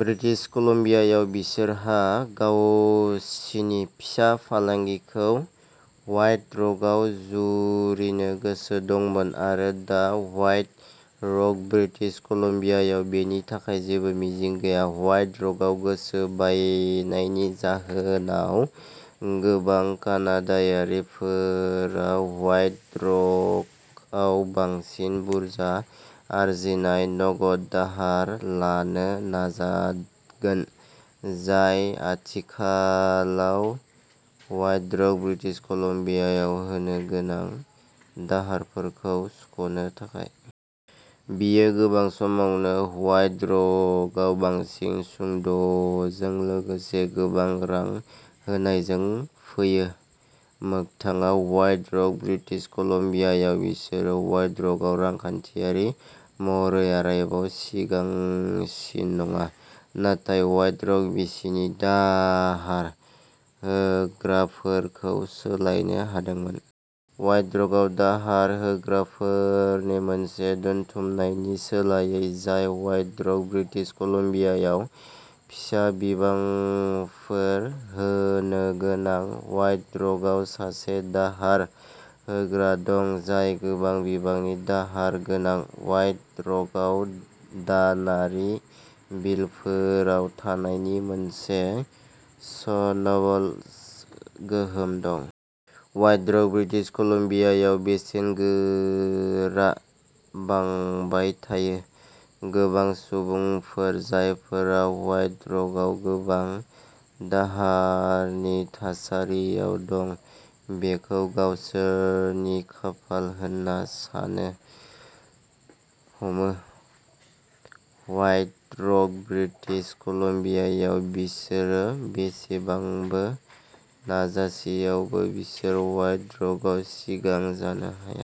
British कलम्बियायाव बिसोरहा गावसिनि फिसा फालांगिखौ व्हाइट रकआव जुरिनो गोसो दंमोन, आरो दा व्हाइट रक ब्रिटिश कलम्बियायाव बेनि थाखाय जेबो मिजिं गैया। व्हाइट रकआव गोसो बायनायनि जाहोनाव गोबां कानाडायारिफोरा व्हाइट रकआव बांसिन बुरजा आरजिनाय नगद दाहार लानो नाजागोन, जाय आथिखालाव व्हाइट रक ब्रिटिश कलम्बियायाव होनो गोनां दाहारफोरखौ सुख'नो थाखाय। बेयो गोबां समावनो व्हाइट रकआव बांसिन सुदजों लोगोसे गोबां रां होनायजों फैयो। मोगथाङाव व्हाइट रक ब्रिटिश कलम्बियायाव बिसोरो व्हाइट रकआव रांखान्थियारि महरै आरोबाव सिगांसिन नङा, नाथाय व्हाइट रक बिसिनि दाहार होग्राफोरखौ सोलायनो हादोंमोन। व्हाइट रकआव दाहार होग्राफोरनि मोनसे बुथुमनायनि सोलायै, जाय व्हाइट रक ब्रिटिश कलम्बियायाव फिसा बिबांफोर होनोगोनां, व्हाइट रकआव सासे दाहार होग्रा दं जाय गोबां बिबांनि दाहार गोनां। व्हाइट रकआव दानारि बिलफोराव थानायनि मोनसे स्नोबल गोहोम दं। ह्वाइट रक ब्रिटिश कलम्बियायाव बेसेनफोरा बांबाय थायो। गोबां सुबुंफोर, जायफोरा ह्वाइट रकआव गोबां दाहारनि थासारियाव दं, बेखौ गावसोरनि खाफाल होनना साननो हमो। ह्वाइट रक ब्रिटिश कलम्बियायाव बिसोर बेसेबांबो नाजासेयावबो बिसोरो ह्वाइट रकआव सिगां जानो हाया।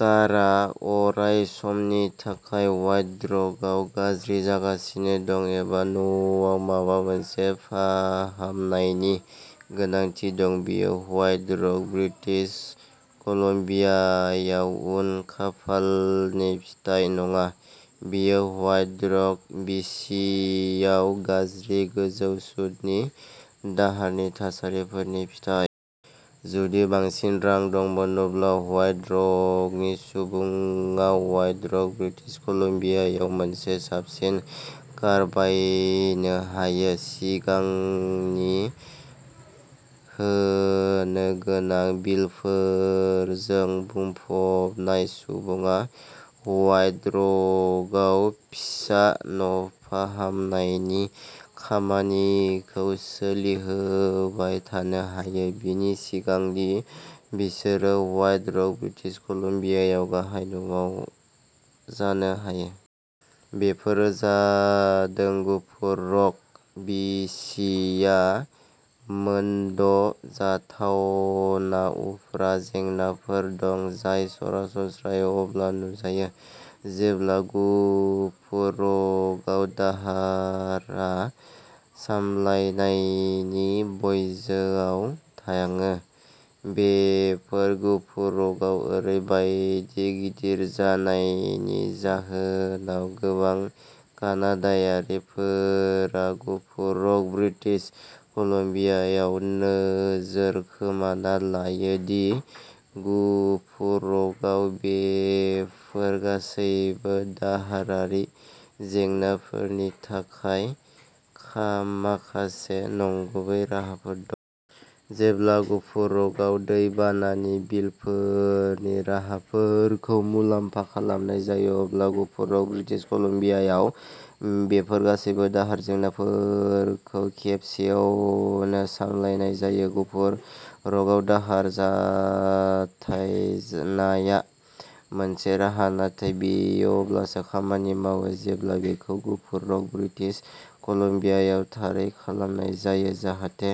कारआ अरायसमनि थाखाय ह्वाइट रकआव गाज्रि जागासिनो दं, एबा न'आव माबा मोनसे फाहामनायनि गोनांथि दं। बेयो ह्वाइट रक ब्रिटिश कलम्बियायाव उन खाफालनि फिथाय नङा; बेयो ह्वाइट रक बिसियाव गाज्रि गोजौ सुतनि दाहारनि थासारिफोरनि फिथाय। जुदि बांसिन रां दंमोन अब्ला ह्वाइट रकनि सुबुङा ह्वाइट रक ब्रिटिश कलम्बियायाव मोनसे साबसिन कार बायनो हायो। सिगांनि होनो गोनां बिलफोरजों बुंफबनाय सुबुङा ह्वाइट रकआव फिसा न'फाहामनायनि खामानिखौ सोलिहोबाय थानो हायो, बेनि सिगां दि बिसोरो ह्वाइट रक ब्रिटिश कलम्बियायाव गाहाय न'जानो हायो। बेफोरो जादों गुफुर रक बि सि आव मोन द' जाथावना उफ्रा जेंनाफोर दं, जाय सरासनस्रायै अब्ला नुजायो जेब्ला गुफुर रकआव दाहारआ सामलायनायनि बयजोआव थाङो। बेफोर गुफुर रकआव ओरैबायदि गिदिर जानायनि जाहोनाव गोबां कानाडायारिफोरा गुफुर रक ब्रिटिश कलम्बियायाव नोजोर खोमाना लायो दि गुफुर रकआव बेफोर गासैबो दाहारारि जेंनाफोरनि थाखाय खामा माखासे नंगुबै राहाफोर दं। जेब्ला गुफुर रकआव बै बानानि बिलफोरनि राहाफोरखौ मुलाम्फा खालामनाय जायो, अब्ला गुफुर रक ब्रिटिश कलम्बियायाव बेफोर गासैबो दाहार जेंनाफोरखौ खेबसेआवनो सामलायनाय जायो। गुफुर रकआव दाहार जथायनाया मोनसे राहा, नाथाय बेयो अब्लासो खामानि मावो जेब्ला बेखौ गुफुर रक ब्रिटिश कलम्बियायाव थारै खालामनाय जायो, जाहाथे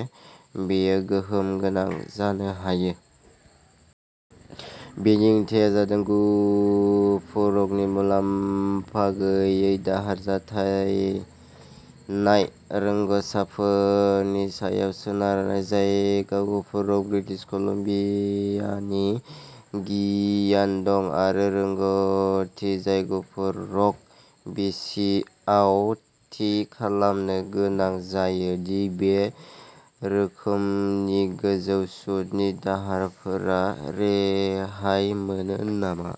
बेयो गोहोम गोनां जानो हायो। बेनि ओंथिया जादों गुफुर रकनि मुलाम्फा गैयै दाहार जथायनाय रोंग'साफोरनि सायाव सोनारनाय, जायहा गुफुर रक ब्रिटिश कलम्बियानि गियान दं आरो रोंग'थि जाय गुफुर रक बि सि आव थि खालामनो गोनां जायो दि बे रोखोमनि गोजौ सुतनि दाहारफोरा रेहाय मोनो नामा।